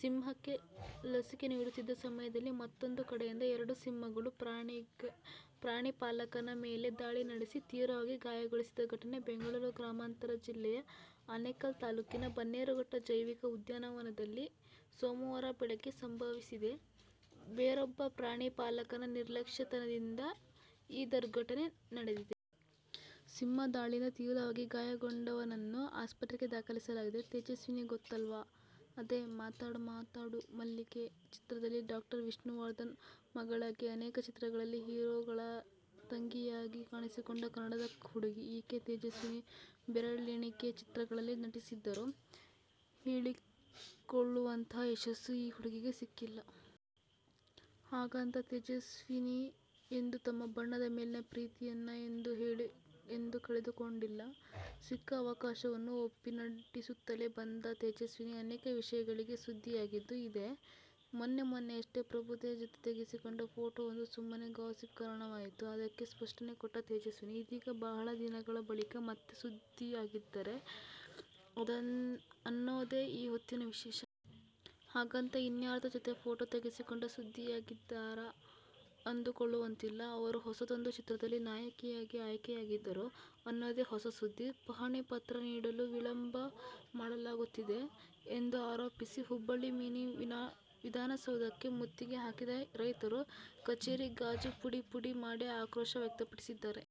ಸಿಂಹಕ್ಕೆ ಲಸಿಕೆ ನೀಡುತ್ತಿದ್ದ ಸಮಯದಲ್ಲಿ ಮತ್ತೂಂದು ಕಡೆಯಿಂದ ಎರಡು ಸಿಂಹಗಳು ಪ್ರಾಣಿ ಪಾಲಕನ ಮೇಲೆ ದಾಳಿ ನಡೆಸಿ ತೀವ್ರವಾಗಿ ಗಾಯಗೊಳಿಸಿದ ಘಟನೆ ಬೆಂಗಳೂರು ಗ್ರಾಮಾಂತರ ಜಿಲ್ಲೆಯ ಆನೇಕಲ್ ತಾಲೂಕಿನ ಬನ್ನೇರುಘಟ್ಟ ಜೈವಿಕ ಉದ್ಯಾನವನದಲ್ಲಿ ಸೋಮವಾರ ಬೆಳಗ್ಗೆ ಸಂಭವಿಸಿದೆ. ಬೇರೊಬ್ಬ ಪ್ರಾಣಿ ಪಾಲಕನ ನಿರ್ಲಕ್ಷ್ಯತನದಿಂದ ಈ ದುರ್ಘಟನೆ ನಡೆದಿದೆ. ಸಿಂಹ ದಾಳಿಯಿಂದ ತೀವ್ರವಾಗಿ ಗಾಯಗೊಂಡವನನ್ನು ಆಸ್ಪತ್ರೆಗೆ ದಾಖಲಿಸಲಾಗಿದೆ. ತೇಜಸ್ವಿನಿ ಗೊತ್ತಲ್ವಾ? ಅದೇ "ಮಾತಾಡ್ ಮಾತಾಡು ಮಲ್ಲಿಗೆ' ಚಿತ್ರದಲ್ಲಿ ಡಾ. ವಿಷ್ಣುವರ್ಧನ್ ಮಗಳಾಗಿ, ಅನೇಕ ಚಿತ್ರಗಳಲ್ಲಿ ಹೀರೋಗಳ ತಂಗಿಯಾಗಿ ಕಾಣಿಸಿಕೊಂಡ ಕನ್ನಡದ ಹುಡುಗಿ ಈಕೆ. ತೇಜಸ್ವಿನಿ ಬೆರಳೆಣಿಕೆ ಚಿತ್ರಗಳಲ್ಲಿ ನಟಿಸಿದ್ದರೂ ಹೇಳಿಕೊಳ್ಳುವಂತಹ ಯಶಸ್ಸು ಈ ಹುಡುಗಿಗೆ ಸಿಕ್ಕಿಲ್ಲ. ಹಾಗಂತ, ತೇಜಸ್ವಿನಿ ಎಂದೂ ತಮ್ಮ ಬಣ್ಣದ ಮೇಲಿನ ಪ್ರೀತಿಯನ್ನ ಎಂದೂ ಕಳೆದುಕೊಂಡಿಲ್ಲ. ಸಿಕ್ಕ ಅವಕಾಶವನ್ನು ಒಪ್ಪಿ ನಟಿಸುತ್ತಲೇ ಬಂದ ತೇಜಸ್ವಿನಿ, ಅನೇಕ ವಿಷಯಗಳಿಗೆ ಸುದ್ದಿಯಾಗಿದ್ದೂ ಇದೆ. ಮೊನ್ನೆ ಮೊನ್ನೆಯಷ್ಟೇ, ಪ್ರಭುದೇವ್ ಜತೆ ತೆಗೆಸಿಕೊಂಡ ಫೋಟೋವೊಂದು ಸುಮ್ಮನೆ ಗಾಸಿಪ್ಗೆ ಕಾರಣವಾಯಿತು. ಅದಕ್ಕೆ ಸ್ಪಷ್ಟನೆ ಕೊಟ್ಟ ತೇಜಸ್ವಿನಿ, ಇದೀಗ ಬಹಳ ದಿನಗಳ ಬಳಿಕ ಮತ್ತೆ ಸುದ್ದಿಯಾಗಿದ್ದಾರೆ ಅನ್ನೋದೆ ಈ ಹೊತ್ತಿನ ವಿಶೇಷ. ಹಾಗಂತ ಇನ್ಯಾರದೋ ಜತೆ ಫೋಟೋ ತೆಗೆಸಿಕೊಂಡು ಸುದ್ದಿಯಾಗಿದ್ದಾರಾ ಅಂದುಕೊಳ್ಳುವಂತಿಲ್ಲ. ಅವರು ಹೊಸದೊಂದು ಚಿತ್ರದಲ್ಲಿ ನಾಯಕಿಯಾಗಿ ಆಯ್ಕೆಯಾಗಿದ್ದಾರೆ ಅನ್ನೋದೇ ಹೊಸ ಸುದ್ದಿ. ಪಹಣಿ ಪತ್ರ ನೀಡಲು ವಿಳಂಬ ಮಾಡಲಾಗುತ್ತಿದೆ ಎಂದು ಆರೋಪಿಸಿ ಹುಬ್ಬಳ್ಳಿ ಮಿನಿ ವಿಧಾನಸೌಧಕ್ಕೆ ಮುತ್ತಿಗೆ ಹಾಕಿದ ರೈತರು, ಕಚೇರಿ ಗಾಜು ಪುಡಿಪುಡಿ ಮಾಡಿ ಆಕ್ರೋಶ ವ್ಯಕ್ತಪಡಿಸಿದ್ದಾರೆ.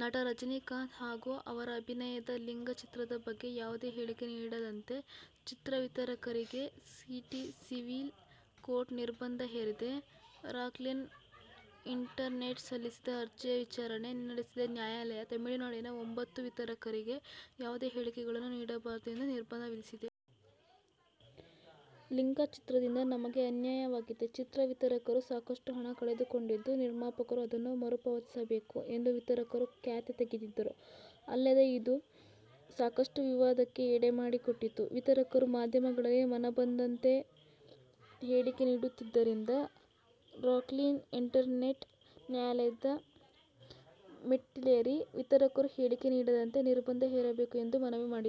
ನಟ ರಜನಿಕಾಂತ್ ಹಾಗೂ ಅವರ ಅಭಿನಯದ "ಲಿಂಗಾ' ಚಿತ್ರದ ಬಗ್ಗೆ ಯಾವುದೇ ಹೇಳಿಕೆ ನೀಡದಂತೆ ಚಿತ್ರ ವಿತರಕರಿಗೆ ಸಿಟಿ ಸಿವಿಲ್ ಕೋರ್ಟ್ ನಿರ್ಬಂಧ ಹೇರಿದೆ. ರಾಕ್ಲೈನ್ ಎಂಟರ್ಟೇನ್ಮೆಂಟ್ ಸಲ್ಲಿಸಿದ್ದ ಅರ್ಜಿಯ ವಿಚಾರಣೆ ನಡೆಸಿದ ನ್ಯಾಯಾಲಯ, ತಮಿಳುನಾಡಿನ ಒಂಭತ್ತು ವಿತರಕರಿಗೆ ಯಾವುದೇ ಹೇಳಿಕೆಗಳನ್ನು ನೀಡಬಾರದು ಎಂದು ನಿರ್ಬಂಧ ವಿಧಿಸಿದೆ. "ಲಿಂಗಾ ಚಿತ್ರದಿಂದ ನಮಗೆ ಅನ್ಯಾಯವಾಗಿದೆ. ಚಿತ್ರ ವಿತರಕರು ಸಾಕಷ್ಟು ಹಣ ಕಳೆದುಕೊಂಡಿದ್ದು, ನಿರ್ಮಾಪಕರು ಅದನ್ನು ಮರುಪಾವತಿಸಬೇಕು' ಎಂದು ವಿತರಕರು ಕ್ಯಾತೆ ತೆಗೆದಿದ್ದರು. ಅಲ್ಲದೆ, ಇದು ಸಾಕಷ್ಟು ವಿವಾದಕ್ಕೆ ಎಡೆಮಾಡಿಕೊಟ್ಟಿತ್ತು. ವಿತರಕರು ಮಾಧ್ಯಮಗಳಲ್ಲಿ ಮನಬಂದಂತೆ ಹೇಳಿಕೆ ನೀಡುತ್ತಿದ್ದರಿಂದ ರಾಕ್ಲೈನ್ ಎಂಟರ್ಟೇನ್ಮೆಂಟ್ ನ್ಯಾಯಾಲಯದ ಮೆಟ್ಟಿಲೇರಿ, ವಿತರಕರು ಹೇಳಿಕೆ ನೀಡದಂತೆ ನಿರ್ಬಂಧ ಹೇರಬೇಕು ಎಂದು ಮನವಿ ಮಾಡಿತ್ತು.